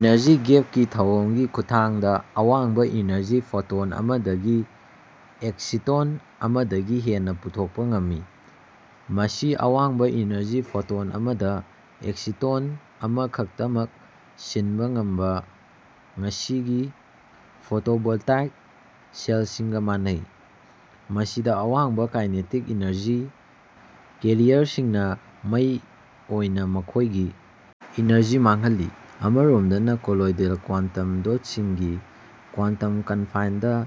Energy gap ꯀꯤ ꯊꯧꯑꯣꯡꯒꯤ ꯈꯨꯠꯊꯥꯡꯗ ꯑꯋꯥꯡꯕ-ꯏꯅꯔꯖꯤ ꯐꯣꯇꯣꯟ ꯑꯃꯗꯒꯤ ꯑꯦꯛꯁꯤꯇꯣꯟ ꯑꯃꯗꯒꯤ ꯍꯦꯟꯅ ꯄꯨꯊꯣꯛꯄ ꯉꯝꯃꯤ꯫ ꯃꯁꯤ ꯑꯋꯥꯡꯕ-ꯏꯅꯔꯖꯤ ꯐꯣꯇꯣꯟ ꯑꯃꯗ ꯑꯦꯛꯁꯤꯇꯣꯟ ꯑꯃꯈꯛꯇꯃꯛ ꯁꯤꯟꯕ ꯉꯝꯕ ꯉꯁꯤꯒꯤ ꯐꯣꯇꯣꯚꯣꯜꯇꯥꯏꯛ ꯁꯦꯜꯁꯤꯡꯒ ꯃꯥꯟꯅꯩ꯫ ꯃꯁꯤꯗ ꯑꯋꯥꯡꯕ ꯀꯥꯏꯅꯦꯇꯤꯛ ꯏꯅꯔꯖꯤ ꯀꯦꯔꯤꯌꯔꯁꯤꯡꯅ ꯃꯩ ꯑꯣꯏꯅ ꯃꯈꯣꯏꯒꯤ ꯏꯅꯔꯖꯤ ꯃꯥꯡꯍꯜꯂꯤ꯫ ꯑꯃꯔꯣꯝꯗꯅ ꯀꯣꯂꯣꯏꯗꯦꯜ ꯀ꯭ꯋꯥꯟꯇꯝ ꯗꯣꯠꯁꯤꯡꯒꯤ ꯀ꯭ꯋꯥꯟꯇꯝ ꯀꯟꯐꯥꯏꯟꯗ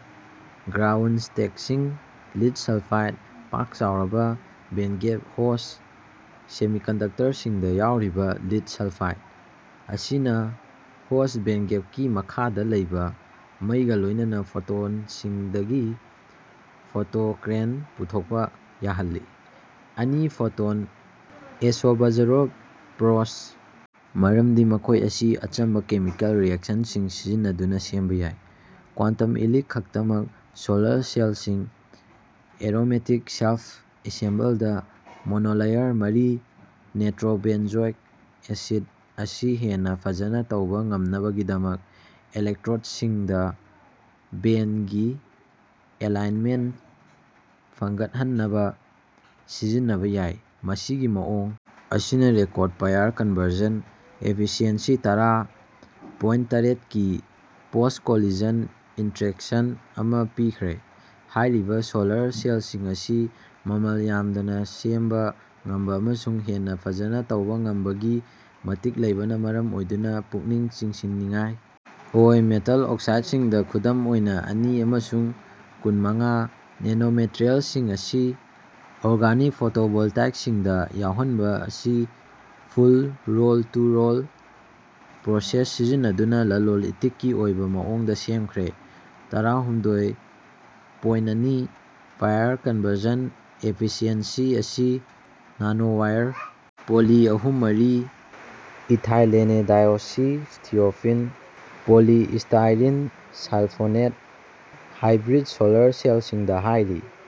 ꯒ꯭ꯔꯥꯎꯟꯁ꯭ꯇꯦꯠꯁꯤꯡ (ꯂꯤꯗ ꯁꯜꯐꯥꯏꯗ, ꯄꯥꯛ ꯆꯥꯎꯔꯕ ꯕꯦꯟꯒꯦꯞ ꯍꯣꯁ ꯁꯦꯃꯤꯀꯟꯗꯛꯇꯔꯁꯤꯡꯗ ꯌꯥꯎꯔꯤꯕ ꯂꯤꯗ ꯁꯥꯜꯐꯥꯏꯗ) ꯑꯁꯤꯅ ꯍꯣꯁꯠ ꯕꯦꯟꯒꯦꯞꯀꯤ ꯃꯈꯥꯗ ꯂꯩꯕ ꯃꯩꯒ ꯂꯣꯏꯅꯅ ꯐꯣꯇꯣꯟꯁꯤꯡꯗꯒꯤ ꯐꯣꯇꯣꯀ꯭ꯔꯦꯟ ꯄꯨꯊꯣꯛꯄ ꯌꯥꯍꯜꯂꯤ꯫ ꯑꯅꯤ-ꯐꯣꯇꯣꯟ ꯑꯦꯁꯣꯕꯖꯣꯔꯞ ꯄ꯭ꯔꯣꯁ ꯃꯔꯝꯗꯤ ꯃꯈꯣꯏ ꯑꯁꯤ ꯑꯆꯝꯕ ꯀꯦꯃꯤꯀꯦꯜ ꯔꯤꯑꯦꯛꯁꯟꯁꯤꯡ ꯁꯤꯖꯤꯟꯅꯗꯨꯅ ꯁꯦꯝꯕ ꯌꯥꯏ꯫ ꯀ꯭ꯋꯥꯟꯇꯝ ꯏꯂꯤꯛ ꯈꯛꯇꯃꯛ ꯁꯣꯂꯔ ꯁꯦꯜꯁꯤꯡ ꯑꯦꯔꯣꯃꯦꯇꯤꯛ ꯁꯦꯜꯐ ꯑꯦꯁꯦꯝꯕꯜꯗ ꯃꯣꯅꯣꯂꯦꯌꯔꯁ (ꯃꯔꯤ-ꯅꯤꯇ꯭ꯔꯣꯕꯦꯟꯖꯣꯏꯛ ꯑꯦꯁꯤꯗ) ꯑꯁꯤ ꯍꯦꯟꯅ ꯐꯖꯅ ꯇꯧꯕ ꯉꯝꯅꯕꯒꯤꯗꯃꯛ ꯏꯂꯦꯛꯇ꯭ꯔꯣꯗꯁꯤꯡꯗ ꯕꯦꯟꯒꯤ ꯑꯦꯂꯥꯏꯟꯃꯦꯟꯠ ꯐꯒꯠꯍꯟꯅꯕ ꯁꯤꯖꯤꯟꯅꯕ ꯌꯥꯏ꯫ ꯃꯁꯤꯒꯤ ꯃꯑꯣꯡ ꯑꯁꯤꯅ ꯔꯦꯀꯣꯔ꯭ꯗ ꯄꯥꯋꯔ ꯀꯟꯚꯔꯁꯟ ꯑꯦꯐꯤꯁꯤꯌꯦꯟꯁꯤ (ꯇꯔꯥ ꯄꯣꯏꯟꯠ ꯇꯔꯦꯠ ꯒꯤ ꯄꯣꯁꯇ ꯀꯣꯂꯤꯖꯟ ꯏꯟꯇꯔꯦꯛꯁꯟ ꯑꯃ ꯄꯤꯈ꯭ꯔꯦ꯫ ꯍꯥꯏꯔꯤꯕ ꯁꯣꯂꯔ ꯁꯦꯜꯁꯤꯡ ꯑꯁꯤ ꯃꯃꯜ ꯌꯥꯝꯗꯅ ꯁꯦꯝꯕ ꯉꯝꯕ ꯑꯃꯁꯨꯡ ꯍꯦꯟꯅ ꯐꯖꯅ ꯇꯧꯕ ꯉꯝꯕꯒꯤ ꯃꯇꯤꯛ ꯂꯩꯕꯅ ꯃꯔꯝ ꯑꯣꯏꯗꯨꯅ ꯄꯨꯛꯅꯤꯡ ꯆꯤꯡꯁꯤꯟꯅꯤꯡꯉꯥꯏ ꯑꯣꯏ꯫ ꯃꯦꯇꯥꯜ ꯑꯣꯛꯁꯥꯏꯗꯁꯤꯡ ꯈꯨꯗꯝ ꯑꯣꯏꯅ ꯑꯅꯤ ꯑꯃꯁꯨꯡ ꯀꯨꯟ - ꯃꯉꯥ ꯅꯦꯅꯣꯃꯦꯇ꯭ꯔꯤꯌꯦꯜꯁꯤꯡ ꯑꯁꯤ ꯑꯣꯔꯒꯅꯤꯛ ꯐꯣꯇꯣꯚꯣꯜꯇꯥꯏꯛꯁꯤꯡꯗ ꯌꯥꯎꯍꯟꯕ ꯑꯁꯤ ꯐꯨꯜ ꯔꯣꯜ-ꯇꯨ-ꯔꯣꯜ ꯄ꯭ꯔꯣꯁꯦꯁꯡ ꯁꯤꯖꯤꯟꯅꯗꯨꯅ ꯂꯂꯣꯟ ꯏꯇꯤꯛꯀꯤ ꯑꯣꯏꯕ ꯃꯑꯣꯡꯗ ꯁꯦꯝꯈ꯭ꯔꯦ꯫ ꯇꯔꯥꯍꯨꯝꯗꯣꯏ ꯄꯣꯏꯟꯠ ꯑꯅꯤ ꯄꯥꯌꯔ ꯀꯟꯚꯔꯁꯟ ꯑꯦꯐꯤꯁꯤꯑꯦꯟꯁꯤ ꯑꯁꯤ ꯅꯥꯅꯣꯋꯥꯏꯌꯔ ꯄꯣꯂꯤ (ꯑꯍꯨꯝ, ꯃꯔꯤ- ethylenedioxythiophene): poly (styrene sulphonate) hybrid solar ꯁꯦꯜꯁꯤꯡꯗ ꯍꯥꯏꯔꯤ꯫